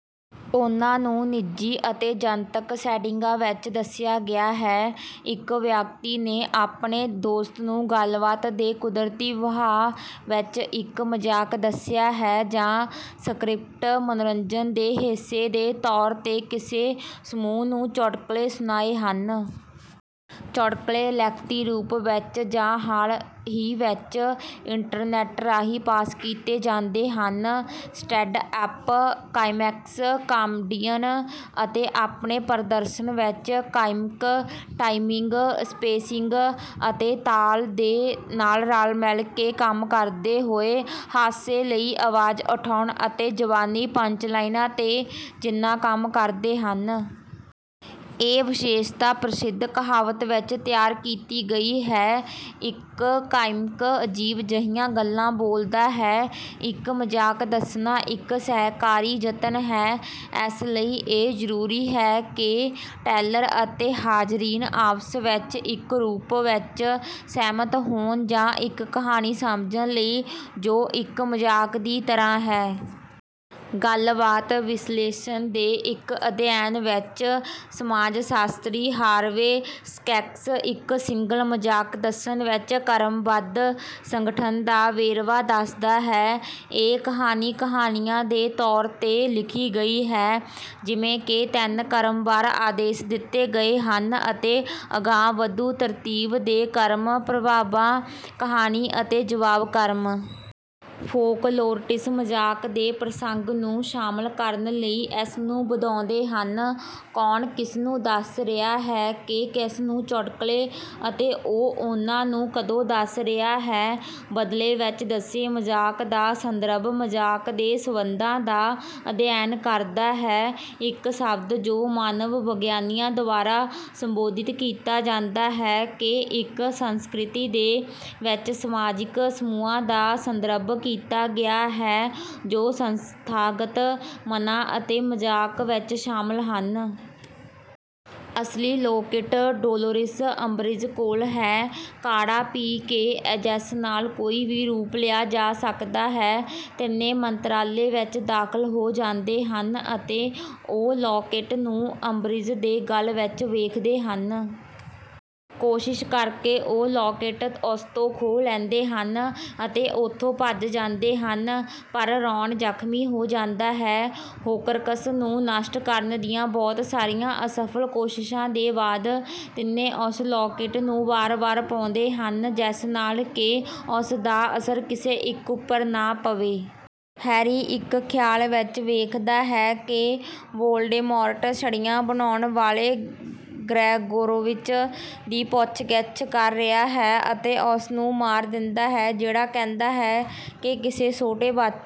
ਉਹਨਾਂ ਨੂੰ ਨਿੱਜੀ ਅਤੇ ਜਨਤਕ ਸੈਟਿੰਗਾਂ ਵਿੱਚ ਦੱਸਿਆ ਗਿਆ ਹੈ। ਇੱਕ ਵਿਅਕਤੀ ਨੇ ਆਪਣੇ ਦੋਸਤ ਨੂੰ ਗੱਲਬਾਤ ਦੇ ਕੁਦਰਤੀ ਵਹਾਅ ਵਿੱਚ ਇੱਕ ਮਜ਼ਾਕ ਦੱਸਿਆ ਹੈ ਜਾਂ ਸਕ੍ਰਿਪਟ ਮਨੋਰੰਜਨ ਦੇ ਹਿੱਸੇ ਦੇ ਤੌਰ ’ਤੇ ਕਿਸੇ ਸਮੂਹ ਨੂੰ ਚੁਟਕਲੇ ਸੁਣਾਏ ਹਨ। ਚੁਟਕਲੇ ਲਿਖਤੀ ਰੂਪ ਵਿੱਚ ਜਾਂ, ਹਾਲ ਹੀ ਵਿੱਚ, ਇੰਟਰਨੈੱਟ ਰਾਹੀਂ ਪਾਸ ਕੀਤੇ ਜਾਂਦੇ ਹਨ। ਸਟੈਂਡ-ਅੱਪ ਕਾਮਿਕਸ, ਕਾਮੇਡੀਅਨ ਅਤੇ ਆਪਣੇ ਪ੍ਰਦਰਸ਼ਨ ਵਿੱਚ ਕਾਮਿਕ ਟਾਈਮਿੰਗ, ਸਪੇਸਿੰਗ ਅਤੇ ਤਾਲ ਦੇ ਨਾਲ ਰਲ-ਮਿਲ ਕੇ ਕੰਮ ਕਰਦੇ ਹੋਏ, ਹਾਸੇ ਲਈ ਆਵਾਜ਼ ਉਠਾਉਣ ਅਤੇ ਜ਼ਬਾਨੀ ਪੰਚਲਾਈਨਾਂ ’ਤੇ ਜਿੰਨਾ ਕੰਮ ਕਰਦੇ ਹਨ। ਇਹ ਵਿਸ਼ੇਸ਼ਤਾ ਪ੍ਰਸਿੱਧ ਕਹਾਵਤ ਵਿੱਚ ਤਿਆਰ ਕੀਤੀ ਗਈ ਹੈ: “ਇੱਕ ਕਾਮਿਕ ਅਜੀਬ ਜਿਹੀਆਂ ਗੱਲਾਂ ਬੋਲਦਾ ਹੈ; ਇੱਕ ਮਜ਼ਾਕ ਦੱਸਣਾ ਇੱਕ ਸਹਿਕਾਰੀ ਯਤਨ ਹੈ। ਇਸ ਲਈ ਇਹ ਜ਼ਰੂਰੀ ਹੈ ਕਿ ਟੈਲਰ ਅਤੇ ਹਾਜ਼ਰੀਨ ਆਪਸ ਵਿੱਚ ਇੱਕ ਰੂਪ ਵਿੱਚ ਸਹਿਮਤ ਹੋਣ ਜਾਂ ਇੱਕ ਕਹਾਣੀ ਸਮਝਣ ਲਈ ਜੋ ਇੱਕ ਮਜ਼ਾਕ ਦੀ ਤਰ੍ਹਾਂ ਹੈ।” ਗੱਲਬਾਤ ਵਿਸ਼ਲੇਸ਼ਣ ਦੇ ਇੱਕ ਅਧਿਐਨ ਵਿੱਚ, ਸਮਾਜ-ਸ਼ਾਸਤਰੀ ਹਾਰਵੇ ਸਕੈਕਸ ਇੱਕ ਸਿੰਗਲ ਮਜ਼ਾਕ ਦੱਸਣ ਵਿੱਚ ਕ੍ਰਮਬੱਧ ਸੰਗਠਨ ਦਾ ਵੇਰਵਾ ਦੱਸਦਾ ਹੈ। “ਇਹ ਕਹਾਣੀ ਕਹਾਣੀਆਂ ਦੇ ਤੌਰ ’ਤੇ ਲਿਖੀ ਗਈ ਹੈ, ਜਿਵੇਂ ਕਿ ਤਿੰਨ ਕ੍ਰਮਵਾਰ ਆਦੇਸ਼ ਦਿੱਤੇ ਗਏ ਹਨ ਅਤੇ ਅਗਾਂਹਵਧੂ ਤਰਤੀਬ ਦੇ ਕ੍ਰਮ—ਪ੍ਰਭਾਵਾਂ, ਕਹਾਣੀ ਅਤੇ ਜਵਾਬ ਕ੍ਰਮ।” ਫੋਕਲੋਰਿਸਟ ਮਜ਼ਾਕ ਦੇ ਪ੍ਰਸੰਗ ਨੂੰ ਸ਼ਾਮਲ ਕਰਨ ਲਈ ਇਸ ਨੂੰ ਵਧਾਉਂਦੇ ਹਨ: ਕੌਣ ਕਿਸਨੂੰ ਦੱਸ ਰਿਹਾ ਹੈ ਕਿ ਕਿਸ ਨੂੰ ਚੁਟਕਲੇ? ਅਤੇ ਉਹ ਉਨ੍ਹਾਂ ਨੂੰ ਕਦੋਂ ਦੱਸ ਰਿਹਾ ਹੈ? ਬਦਲੇ ਵਿੱਚ ਦੱਸੇ ਮਜ਼ਾਕ ਦਾ ਸੰਦਰਭ ਮਜ਼ਾਕ ਦੇ ਸੰਬੰਧਾਂ ਦਾ ਅਧਿਐਨ ਕਰਦਾ ਹੈ, ਇੱਕ ਸ਼ਬਦ ਜੋ ਮਾਨਵ-ਵਿਗਿਆਨੀਆਂ ਦੁਆਰਾ ਸੰਬੋਧਿਤ ਕੀਤਾ ਜਾਂਦਾ ਹੈ ਕਿ ਇੱਕ ਸੰਸਕ੍ਰਿਤੀ ਦੇ ਵਿੱਚ ਸਮਾਜਿਕ ਸਮੂਹਾਂ ਦਾ ਸੰਦਰਭ ਕੀਤਾ ਗਿਆ ਹੈ, ਜੋ ਸੰਸਥਾਗਤ ਮਨਾਂ ਅਤੇ ਮਜ਼ਾਕ ਵਿੱਚ ਸ਼ਾਮਲ ਹਨ। ਅਸਲੀ ਲੌਕੇਟ ਡੋਲੋਰਿਸ ਅੰਬਰਿਜ ਕੋਲ ਹੈ। ਕਾੜ੍ਹਾ ਪੀ ਕੇ, ਜਿਸ ਨਾਲ ਕੋਈ ਵੀ ਰੂਪ ਲਿਆ ਜਾ ਸਕਦਾ ਹੈ, ਤਿੰਨੇ ਮੰਤਰਾਲੇ ਵਿੱਚ ਦਾਖ਼ਲ ਹੋ ਜਾਂਦੇ ਹਨ ਅਤੇ ਉਹ ਲੌਕੇਟ ਨੂੰ ਅੰਬਰਿਜ ਦੇ ਗਲ ਵਿੱਚ ਵੇਖਦੇ ਹਨ। ਕੋਸ਼ਿਸ਼ ਕਰਕੇ ਉਹ ਲੌਕੇਟ ਉਸ ਤੋਂ ਖੋਹ ਲੈਂਦੇ ਹਨ ਅਤੇ ਉੱਥੋਂ ਭੱਜ ਜਾਂਦੇ ਹਨ, ਪਰ ਰੌਨ ਜ਼ਖ਼ਮੀ ਹੋ ਜਾਂਦਾ ਹੈ। ਹੋਕਰਕਸ ਨੂੰ ਨਸ਼ਟ ਕਰਨ ਦੀਆਂ ਬਹੁਤ ਸਾਰੀਆਂ ਅਸਫ਼ਲ ਕੋਸ਼ਿਸ਼ਾਂ ਦੇ ਬਾਅਦ, ਤਿੰਨੇ ਉਸ ਲੌਕੇਟ ਨੂੰ ਵਾਰ-ਵਾਰ ਪਾਉਂਦੇ ਹਨ, ਜਿਸ ਨਾਲ ਕਿ ਉਸ ਦਾ ਅਸਰ ਕਿਸੇ ਇੱਕ ਉੱਪਰ ਨਾ ਪਵੇ। ਹੈਰੀ ਇੱਕ ਖ਼ਿਆਲ ਵਿੱਚ ਵੇਖਦਾ ਹੈ ਕਿ ਵੌਲਡੇਮੌਰਟ ਛੜੀਆਂ ਬਣਾਉਣ ਵਾਲੇ ਗ੍ਰੇਗੋਰੋਵਿਚ ਦੀ ਪੁੱਛਗਿੱਛ ਕਰ ਰਿਹਾ ਹੈ ਅਤੇ ਉਸ ਨੂੰ ਮਾਰ ਦਿੰਦਾ ਹੈ, ਜਿਹੜਾ ਕਹਿੰਦਾ ਹੈ ਕਿ ਕਿਸੇ ਛੋਟੇ ਬੱਚ...